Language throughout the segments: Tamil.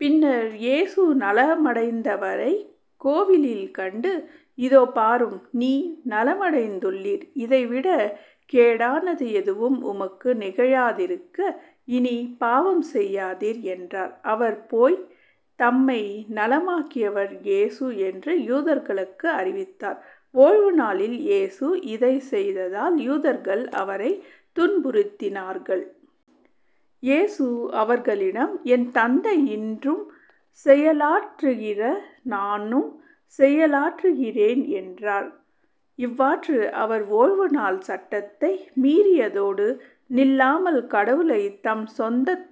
பின்னர் இயேசு நலமடைந்தவரைக் கோவிலில் கண்டு இதோ பாரும் நீர் நலமடைந்துள்ளீர் இதை விடக் கேடானது எதுவும் உமக்கு நிகழாதிருக்க இனிப் பாவம் செய்யாதீர் என்றார். அவர் போய் தம்மை நலமாக்கியவர் இயேசு என்று யூதர்களுக்கு அறிவித்தார். ஓய்வுநாளில் இயேசு இதைச் செய்ததால் யூதர்கள் அவரைத் துன்புறுத்தினார்கள். இயேசு அவர்களிடம் என் தந்தை இன்றும் செயலாற்றுகிற நானும் செயலாற்றுகிறேன் என்றார். இவ்வாற்று அவர் ஓய்வு நாள் சட்டத்தை மீறியதோடு நில்லாமல் கடவுளைத் தம் சொந்தத்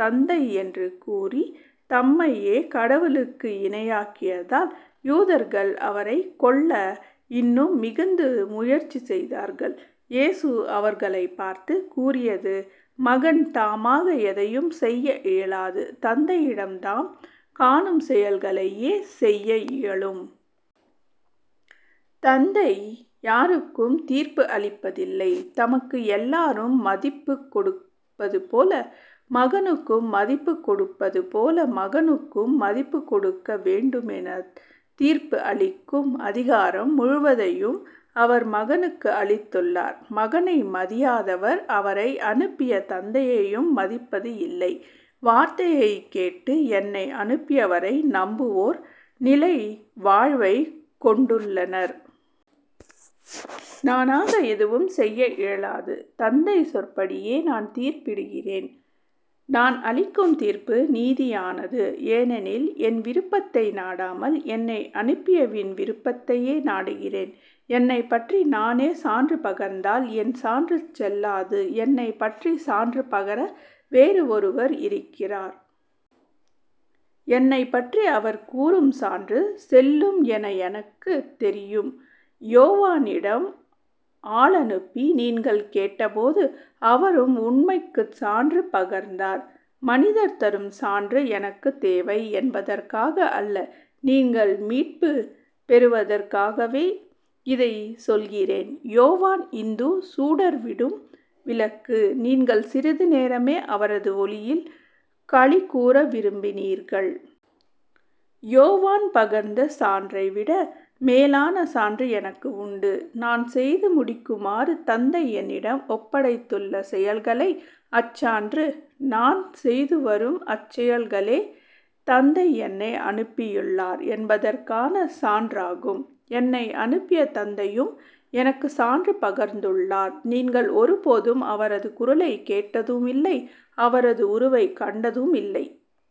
தந்தை என்று கூறித் தம்மையே கடவுளுக்கு இணையாக்கியதால் யூதர்கள் அவரைக் கொல்ல இன்னும் மிகுந்த முயற்சி செய்தார்கள். இயேசு அவர்களைப் பார்த்துக் கூறியது மகன் தாமாக எதையும் செய்ய இயலாது தந்தையிடம் தாம் காணும் செயல்களையே செய்ய இயலும். தந்தை யாருக்கும் தீர்ப்பு அளிப்பதில்லை. தமக்கு எல்லாரும் மதிப்புக் கொடுப்பதுபோல மகனுக்கும் மதிப்புக்கொடுப்பதுபோல மகனுக்கும் மதிப்புக்கொடுக்க வேண்டுமெனத் தீர்ப்பு அளிக்கும் அதிகாரம் முழுவதையும் அவர் மகனுக்கு அளித்துள்ளார். மகனை மதியாதவர் அவரை அனுப்பிய தந்தையையும் மதிப்பது இல்லை. வார்த்தையைக் கேட்டு என்னை அனுப்பியவரை நம்புவோர் நிலை வாழ்வைக் கொண்டுள்ளனர். நானாக எதுவும் செய்ய இயலாது. தந்தை சொற்படியே நான் தீர்ப்பிடுகிறேன். நான் அளிக்கும் தீர்ப்பு நீதியானது. ஏனெனில் என் விருப்பத்தை நாடாமல் என்னை அனுப்பியவின் விருப்பத்தையே நாடுகிறேன். என்னைப்பற்றி நானே சான்று பகர்ந்தால் என் சான்று செல்லாது. என்னைப்பற்றி சான்று பகர வேறு ஒருவர் இருக்கிறார். என்னைப்பற்றி அவர் கூறும் சான்று செல்லும் என எனக்குத் தெரியும். யோவானிடம் ஆளனுப்பி நீங்கள் கேட்டபோது அவரும் உண்மைக்குச் சான்று பகர்ந்தார். மனிதர் தரும் சான்று எனக்குத் தேவை என்பதற்காக அல்ல நீங்கள் மீட்புப் பெறுவதற்காகவே இதைச் சொல்கிறேன். யோவான் இந்து சுடர்விடும் விளக்கு. நீங்கள் சிறிது நேரமே அவரது ஒளியில் களிகூர விரும்பினீர்கள். யோவான் பகர்ந்த சான்றை விட மேலான சான்று எனக்கு உண்டு. நான் செய்து முடிக்குமாறு தந்தை என்னிடம் ஒப்படைத்துள்ள செயல்களே அச்சான்று. நான் செய்துவரும் அச்செயல்களே தந்தை என்னை அனுப்பியுள்ளார் என்பதற்கான சான்றாகும். என்னை அனுப்பிய தந்தையும் எனக்குச் சான்று பகர்ந்துள்ளார். நீங்கள் ஒருபோதும் அவரது குரலைக் கேட்டதுமில்லை அவரது உருவைக் கண்டதுமில்லை.